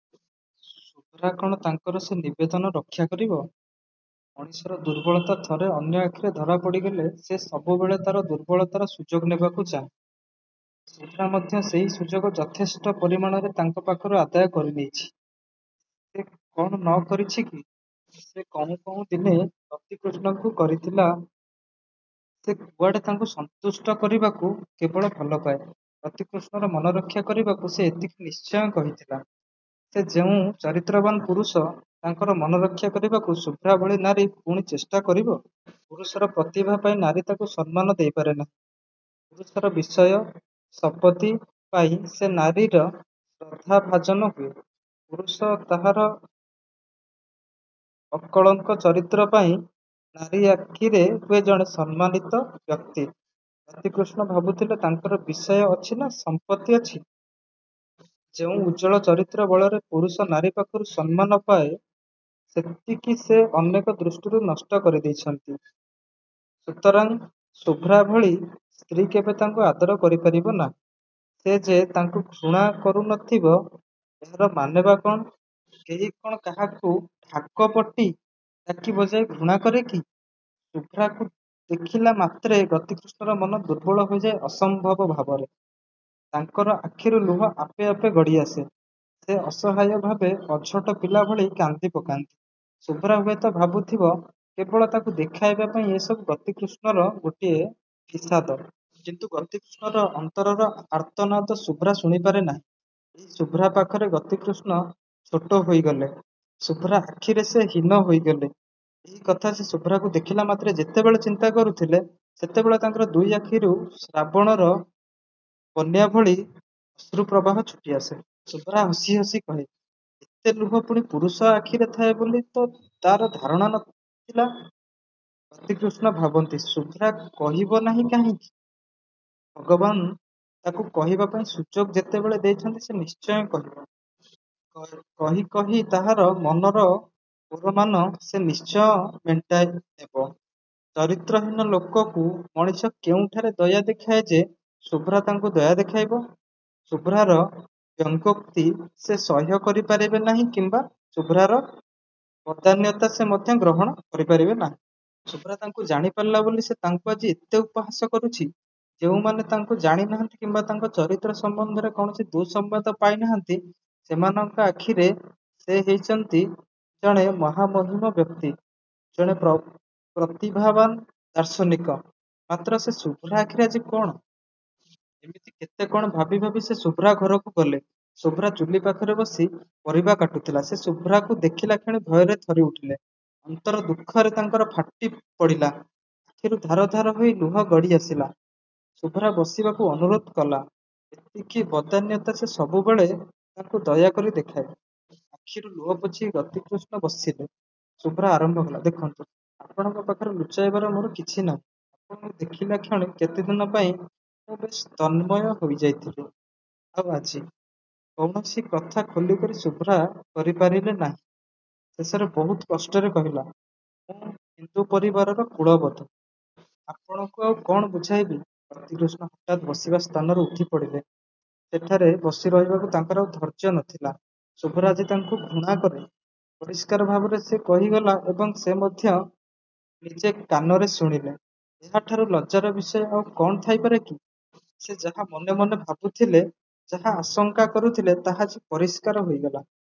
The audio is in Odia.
ଶୁଭ୍ରା କ'ଣ ତାଙ୍କର ସେ ନିବେଦନ ରକ୍ଷା କରିବ? ମଣିଷର ଦୁର୍ବଳତା ଥରେ ଅନ୍ୟ ଆଖିରେ ଧରା ପଡ଼ିଗଲେ ସେ ସବୁବେଳେ ତା'ର ଦୁର୍ବଳତାର ସୁଯୋଗ ନେବାକୁ ଚାହେଁ। ଶୁଭ୍ରା ମଧ୍ୟ ସେହି ସୁଯୋଗ ଯଥେଷ୍ଟ ପରିମାଣରେ ତାଙ୍କ ପାଖରୁ ଆଦାୟ କରିନେଇଛି। ସେ କ'ଣ ନ କରିଛି କି? ସେ କହୁଁ କହୁଁ ଦିନେ ଗତିକୃଷ୍ଣଙ୍କୁ କରିଥିଲା, ''ସେ କୁଆଡ଼େ ତାଙ୍କୁ ସନ୍ତୁଷ୍ଟ କରିବାକୁ କେବଳ ଭଲପାଏ। '' ଗତିକୃଷ୍ଣର ମନରକ୍ଷା କରିବାକୁ ସେ ଏତିକି ନିଶ୍ଚୟ କହିଥିଲା। ସେ ଯେଉଁ ଚରିତ୍ରବାନ ପୁରୁଷ, ତାଙ୍କର ମନରକ୍ଷା କରିବାକୁ ଶୁଭ୍ରା ଭଳି ନାରୀ ପୁଣି ଚେଷ୍ଟା କରିବ? ପୁରୁଷର ପ୍ରତିଭା ପାଇଁ ନାରୀ ତାକୁ ସମ୍ମାନ ଦେଇପାରେ ନାହିଁ। ପୁରୁଷର ବିଷୟ, ସପତ୍ତି ପାଇଁ ସେ ନାରୀର ଶ୍ରଦ୍ଧା ଭାଜନ ହୁଏ। ପୁରୁଷ ତାହାର ଅକଳଙ୍କ ଚରିତ୍ର ପାଇଁ ନାରୀ ଆଖିରେ ହୁଏ ଜଣେ ସମ୍ମାନିତ ବ୍ୟକ୍ତି-। ଗତିକୃଷ୍ଣ ଭାବୁଥିଲେ ତାଙ୍କର ବିଷୟ ଅଛି ନା ସମ୍ପତ୍ତି ଅଛି? ଯେଉଁ ଉଜ୍ଜ୍ୱଳ ଚରିତ୍ର ବଳରେ ପୁରୁଷ ନାରୀ ପାଖରୁ ସମ୍ମାନ ପାଏ, ସେତିକି ସେ ଅନେକ ଦିନରୁ ନଷ୍ଟ କରିଦେଇଛନ୍ତି। ସୁତରାଂ ଶୁଭ୍ରା ଭଳି ସ୍ତ୍ରୀ କେବେ ତାଙ୍କୁ ଆଦର କରିପାରିବ ନାହିଁ। ସେ ଯେ ତାଙ୍କୁ ଘୃଣା କରୁନଥିବ ଏହାର ମାନେ ବା କ'ଣ? କେହି କ'ଣ କାହାକୁ ଢାକ ପିଟି, ଡାକି ବଜାଇ ଘୃଣା କରେ କି? ଶୁଭ୍ରାକୁ ଦେଖିଲାମାତ୍ରେ ଗତିକୃଷ୍ଣର ମନ ଦୁର୍ବଳ ହୋଇଯାଏ ଅସମ୍ଭବ ଭାବରେ। ତାଙ୍କର ଆଖିରୁ ଲୁହ ଆପେ ଆପେ ଗଡ଼ିଆସେ। ସେ ଅସହାୟ ଭାବରେ ଅଝଟ ପିଲାଭଳି କାନ୍ଦିପକାନ୍ତି। ଶୁଭ୍ରା ହୁଏତ ଭାବୁଥିବ କେବଳ ତାକୁ ଦେଖାଇବା ପାଇଁ ଏସବୁ ଗତିକୃଷ୍ଣର ଗୋଟିଏ ଫିସାଦ। କିନ୍ତୁ ଗତିକୃଷ୍ଣର ଅନ୍ତରର ଆର୍ତ୍ତନାଦ ଶୁଭ୍ରା ଶୁଣିପାରେ ନାହିଁ। ଏହି ଶୁଭ୍ରା ପାଖରେ ଗତିକୃଷ୍ଣ ଛୋଟ ହୋଇଗଲେ। ଶୁଭ୍ରା ଆଖିରେ ସେ ହୀନ ହୋଇଗଲେ। ଏହି କଥା ସେ ଶୁଭ୍ରାକୁ ଦେଖିଲା ମାତ୍ରେ ଯେତେବେଳେ ଚିନ୍ତା କରୁଥିଲେ, ସେତେବେଳେ ତାଙ୍କର ଦୁଇ ଆଖିରୁ ଶ୍ରାବଣର ବନ୍ୟା ଭଳି ଅଶ୍ରୁ ପ୍ରବାହ ଛୁଟିଆସେ। ଶୁଭ୍ରା ହସି ହସି କହେ, ''ଏତେ ଲୁହ ପୁଣି ପୁରୁଷ ଆଖିରେ ଥାଏ ବୋଲି ତ ତା'ର ଧାରଣା ନ ଥିଲା। '' ଗତିକୃଷ୍ଣ ଭାବନ୍ତି ଶୁଭ୍ରା କହିବ ନାହିଁ କାହିଁକି? ଭଗବାନ ତାକୁ କହିବା ପାଇଁ ସୁଯୋଗ ଯେତେବେଳେ ଦେଇଛନ୍ତି ସେ ନିଶ୍ଚୟ କହିବ। କହି କହି ତାହାର ମନର ଓରମାନ ସେ ନିଶ୍ଚୟ ମେଣ୍ଟାଇନେବ। ଚରିତ୍ରହୀନ ଲୋକକୁ ମଣିଷ କେଉଁଠାରେ ଦୟା ଦେଖାଏ ଯେ ଶୁଭ୍ରା ତାଙ୍କୁ ଦୟା ଦେଖାଇବ? ଶୁଭ୍ରାର ବ୍ୟଙ୍ଗୋକ୍ତି ସେ ସହ୍ୟ କରିପାରିବେ ନାହିଁ କିମ୍ବା ଶୁଭ୍ରାର ବଦାନ୍ୟତା ସେ ମଧ୍ୟ ଗ୍ରହଣ କରିପାରିବେ ନାହିଁ। ଶୁଭ୍ରା ତାଙ୍କୁ ଜାଣିପାରିଲା ବୋଲି ତ ସେ ତାଙ୍କୁ ଆଜି ଏତେ ଉପହାସ କରୁଛି। ଯେଉଁମାନେ ତାଙ୍କୁ ଜାଣିନାହାନ୍ତି କିମ୍ବା ତାଙ୍କ ଚରିତ୍ର ସମ୍ବନ୍ଧରେ କୌଣସି ଦୁଃସମ୍ବାଦ ପାଇନାହାନ୍ତି ସେମାନଙ୍କ ଆଖିରେ ସେ ହେଇଛନ୍ତି ଜଣେ ମହାମହିମ ବ୍ୟକ୍ତି। ଜଣେ ପ୍ରତିଭାବାନ ଦାର୍ଶନିକ। ମାତ୍ର ସେ ଶୁଭ୍ରା ଆଖିରେ ଆଜି କ'ଣ? ଏମିତି କେତେ କ'ଣ ଭାବିଭାବି ସେ ଶୁଭ୍ରା ଘରକୁ ଗଲେ। ଶୁଭ୍ରା ଚୁଲି ପାଖରେ ବସି ପରିବା କାଟୁଥିଲା। ସେ ଶୁଭ୍ରାକୁ ଦେଖିଲାକ୍ଷଣି ଭୟରେ ଥରିଉଠିଲେ। ଅନ୍ତର ଦୁଃଖରେ ତାଙ୍କର ଫାଟିପଡ଼ିଲା। ଆଖିରୁ ଧାର ଧାର ହୋଇ ଲୁହ ଗଡ଼ିଆସିଲା। ଶୁଭ୍ରା ବସିବାକୁ ଅନୁରୋଧ କଲା, ଏତିକି ବଦାନ୍ୟତା ସେ ସବୁବେଳେ ତାଙ୍କୁ ଦୟାକରି ଦେଖାଏ। ଆଖିରୁ ଲୁହପୋଛି ଗତିକୃଷ୍ଣ ବସିଲେ। ଶୁଭ୍ରା ଆରମ୍ଭ କଲା, ''ଦେଖନ୍ତୁ! ଆପଣଙ୍କ ପାଖରେ ଲୁଚାଇବାର ମୋର କିଛି ନାହିଁ। ଆପଣଙ୍କୁ ଦେଖିଲାକ୍ଷଣି କେତେଦିନ ପାଇଁ ମୁଁ ବେଶ୍ ତନ୍ମୟ ହୋଇଯାଇଥିଲି। ଆଉ ଆଜି। '' କୌଣସି କଥା ଖୋଲିକରି ଶୁଭ୍ରା କରିପାରିଲେ ନାହିଁ। ଶେଷରେ ବହୁ କଷ୍ଟରେ କହିଲା, ''ମୁଁ ହିନ୍ଦୁ ପରିବାରର କୁଳ-ବଧୂ। ଆପଣଙ୍କୁ ଆଉ କ'ଣ ବୁଝାଇବି। '' ଗତିକୃଷ୍ଣ ହଠାତ୍ ବସିବା ସ୍ଥାନରୁ ଉଠିପଡ଼ିଲେ। ସେଠାରେ ବସିରହିବାକୁ ତାଙ୍କର ଆଉ ଧୈର୍ଯ୍ୟ ନ ଥିଲା। ଶୁଭ୍ରା ଆଜି ତାଙ୍କୁ ଘୃଣାକରେ। ପରିଷ୍କାର ଭାବରେ ସେ କହିଗଲା ଏବଂ ସେ ମଧ୍ୟ ନିଜେ କାନରେ ଶୁଣିଲେ। ଏହାଠାରୁ ଲଜ୍ଜାର ବିଷୟ ଆଉ କ'ଣ ଥାଇପାରେ କି? ସେ ଯାହା ମନେମନେ ଭାବୁଥିଲେ, ଯାହା ଆଶଙ୍କା କରୁଥିଲେ ତାହା ଆଜି ପରିଷ୍କାର ହୋଇଗଲା।